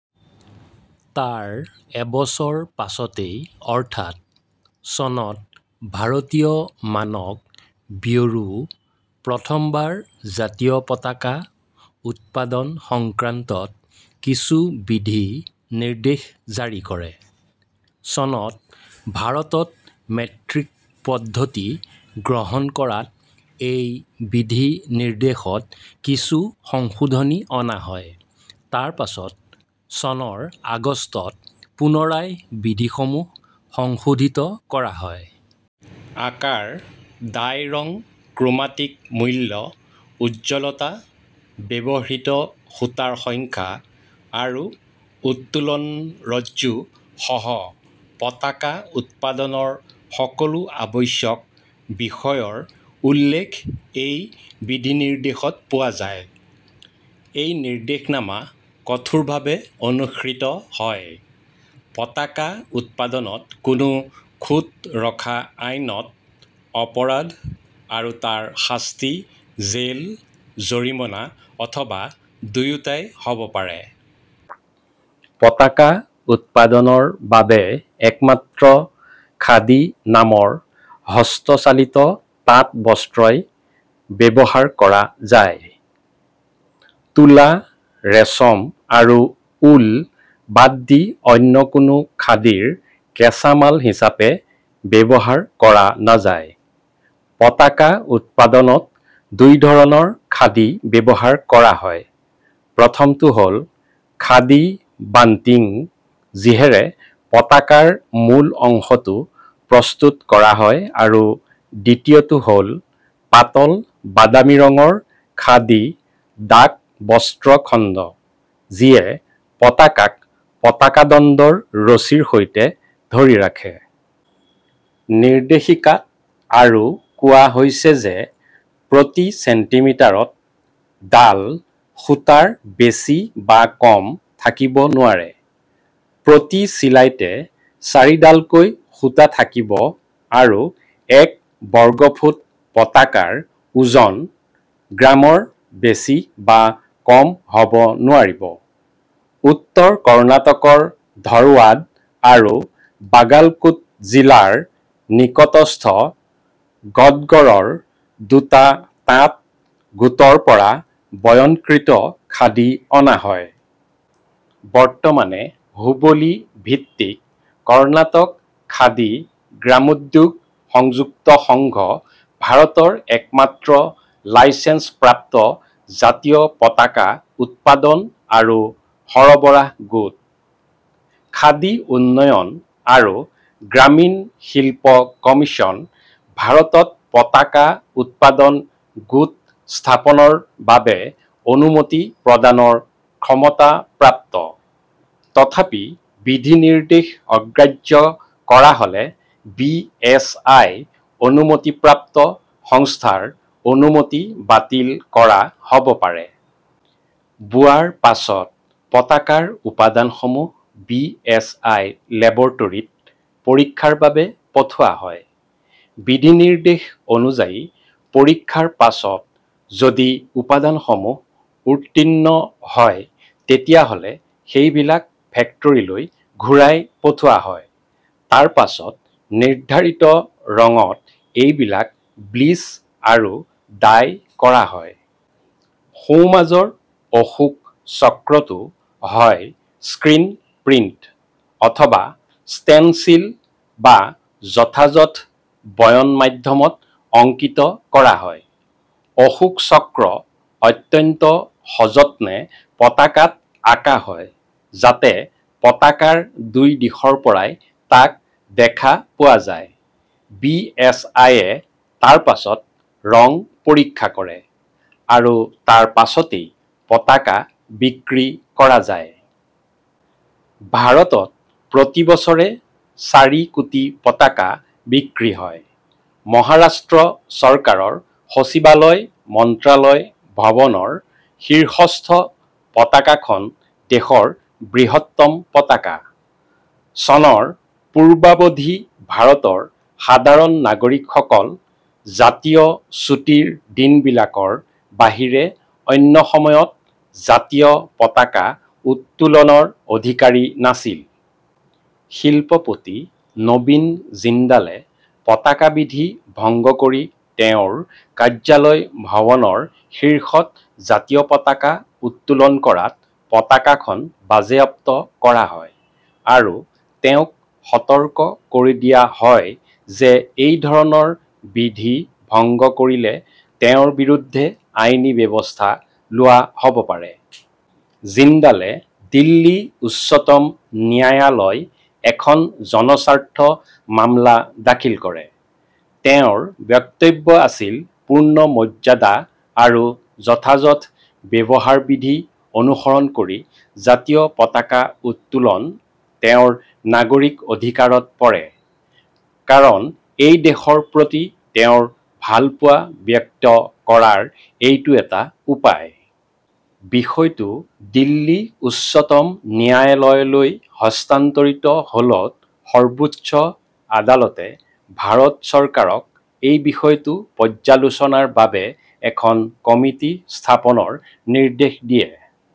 তাৰ এবছৰ পাছতেই, অৰ্থাৎ চনত, ভাৰতীয় মানক ব্যুৰো প্ৰথম বাৰ জাতীয় পতাকা উৎপাদন সংক্ৰান্তত কিছু বিধি নিৰ্দেশ জাৰি কৰে। চনত ভাৰতত মেট্ৰিক পদ্ধতি গ্ৰহণ কৰাত এই বিধিনিৰ্দেশত কিছু সংশোধনী অনা হয়। তাৰপাছত চনৰ আগষ্টত পুনৰায় বিধিসমূহ সংশোধিত কৰা হয়। আকাৰ, ডাই ৰং, ক্ৰোমাটিক মূল্য, উজ্জ্বলতা, ব্যৱহৃত সূতাৰ সংখ্যা আৰু উত্তোলনৰজ্জু সহ পতাকা উৎপাদনৰ সকলো আৱশ্যক বিষয়ৰ উল্লেখ এই বিধিনিৰ্দেশত পোৱা যায়। এই নিৰ্দেশনামা কঠোৰভাবে অনুসৃত হয়। পতাকা উৎপাদনত কোনো খুঁত ৰখা আইনত: অপৰাধ; আৰু তাৰ শাস্তি জেল, জৰিমনা অথবা দুয়োটাই হ'ব পাৰে।। পতাকা উৎপাদনৰ বাবে একমাত্ৰ খাদী নামৰ হস্তচালিত তাঁতবস্ত্ৰই ব্যবহাৰ কৰা যায়। তুলা, ৰেচম আৰু উল বাদ দি অন্য কোনো খাদীৰ কেঁচামাল হিচাবে ব্যবহাৰ কৰা নাযায়। পতাকা উৎপাদনত দুই ধৰণৰ খাদী ব্যবহাৰ কৰা হয়; প্ৰথমটো হ'ল খাদী-বাণ্টিং, যিহেৰে পতাকাৰ মূল অংশটো প্ৰস্তুত কৰা হয় আৰু দ্বিতীয়টো হ'ল পাতল বাদামী ৰঙৰ খাদী-ডাক বস্ত্ৰখণ্ড, যিয়ে পতাকাক পতাকাদণ্ডৰ ৰছীৰ সৈতে ধৰি ৰাখে। নিৰ্দেশিকাত আৰু কোৱা হৈছে যে, প্ৰতি চেণ্টিমিটাৰত ডাল সূতাৰ বেছি বা কম থাকিব নোৱাৰে, প্ৰতি চিলাইতে চাৰিডালকৈ সূতা থাকিব আৰু এক বৰ্গফুট পতাকাৰ ওজন গ্ৰামৰ বেছি বা কম হব নোৱাৰিব। উত্তৰ কৰ্ণাটক ৰ ধৰৱাদ আৰু বাগালকোট জিলাৰ নিকটস্থ গদগৰৰ দুটা তাঁত গোটৰ পৰা বয়নকৃত খাদী অনা হয়। বৰ্তমানে হুবলি -ভিত্তিক কৰ্ণাটক খাদী গ্ৰামোদ্যোগ সংযুক্ত সংঘ ভাৰতৰ একমাত্ৰ লাইচেঞ্চ-প্ৰাপ্ত জাতীয় পতাকা উৎপাদন আৰু সৰবৰাহ গোট। খাদী উন্নয়ন আৰু গ্ৰামীণ শিল্প কমিশ্যন ভাৰতত পতাকা উৎপাদন গোট স্থাপনৰ বাবে অনুমতি প্ৰদানৰ ক্ষমতাপ্ৰাপ্ত। তথাপি বিধিনিৰ্দেশ অগ্ৰাহ্য কৰা হলে বিএচআই অনুমতিপ্ৰাপ্ত সংস্থাৰ অনুমতি বাতিল কৰা হ'ব পাৰে। বোৱাৰ পাছত পতাকাৰ উপাদানসমূহ বিএচআই লেবৰেটৰীত পৰীক্ষাৰ বাবে পঠোৱা হয়। বিধিনিৰ্দেশ অনুযায়ী পৰীক্ষাৰ পাছত যদি উপাদানসমূহ উত্তীৰ্ণ হয়, তেতিয়াহ'লে সেইবিলাক ফেক্টৰীলৈ ঘূৰাই পঠোৱা হয়। তাৰপাছত নিৰ্ধাৰিত ৰঙত এইবিলাক ব্লিচ আৰু ডাই কৰা হয়। সোঁমাজৰ অশোক চক্ৰ টো হয় স্ক্ৰিন প্ৰিণ্ট, অথবা ষ্টেনচিল বা যথাযথ বয়ন মাধ্যমত অংকিত কৰা হয়। অশোক চক্ৰ অত্যন্ত সযত্নে পতাকাত আঁকা হয়, যাতে পতাকাৰ দুই দিশৰ পৰাই তাক দেখা পোৱা যায়। বিএচআইয়ে তাৰপাছত ৰং পৰীক্ষা কৰে; আৰু তাৰপাছতেই পতাকা বিক্ৰী কৰা যায়। ভাৰত ত প্ৰতি বছৰে চাৰি কোটি পতাকা বিক্ৰী হয়। মহাৰাষ্ট্ৰ চৰকাৰৰ সচিবালয় মন্ত্ৰালয় ভৱনৰ শীৰ্ষস্থ পতাকাখন দেশৰ বৃহত্তম পতাকা। চনৰ পূৰ্বাবধি ভাৰতৰ সাধাৰণ নাগৰিকসকল জাতীয় ছুটিৰ দিনবিলাকৰ বাহিৰে অন্য সময়ত জাতীয় পতাকা উত্তোলনৰ অধিকাৰী নাছিল। শিল্পপতি নবীন জিন্দালে পতাকাবিধি ভঙ্গ কৰি তেওঁৰ কাৰ্য্যালয় ভৱনৰ শীৰ্ষত জাতীয় পতাকা উত্তোলন কৰাত পতাকাখন বাজেয়াপ্ত কৰা হয় আৰু তেওঁক সতৰ্ক কৰি দিয়া হয় যে এই ধৰণৰ বিধি ভঙ্গ কৰিলে তেওঁৰ বিৰুদ্ধে আইনী ব্যবস্থা লোৱা হ'ব পাৰে। জিন্দালে দিল্লী উচ্চতম ন্যায়ালয় এখন জনস্বাৰ্থ মামলা দাখিল কৰে। তেওঁৰ বক্তব্য আছিল, পূৰ্ণ মৰ্যাদা আৰু যথাযথ ব্যবহাৰবিধি অনুসৰণ কৰি জাতীয় পতাকা উত্তোলন তেওঁৰ নাগৰিক অধিকাৰত পৰে; কাৰণ এই দেশৰ প্ৰতি তেওঁৰ ভালপোৱা ব্যক্ত কৰাৰ এইটো এটা উপায়। বিষয়টো দিল্লী উচ্চতম ন্যায়ালয় লৈ হস্তান্তৰিত হ'লত সৰ্বোচ্চ আদালতে ভাৰত চৰকাৰক এই বিষয়টো পৰ্যালোচনাৰ বাবে এখন কমিটি স্থাপনৰ নিৰ্দেশ দিয়ে।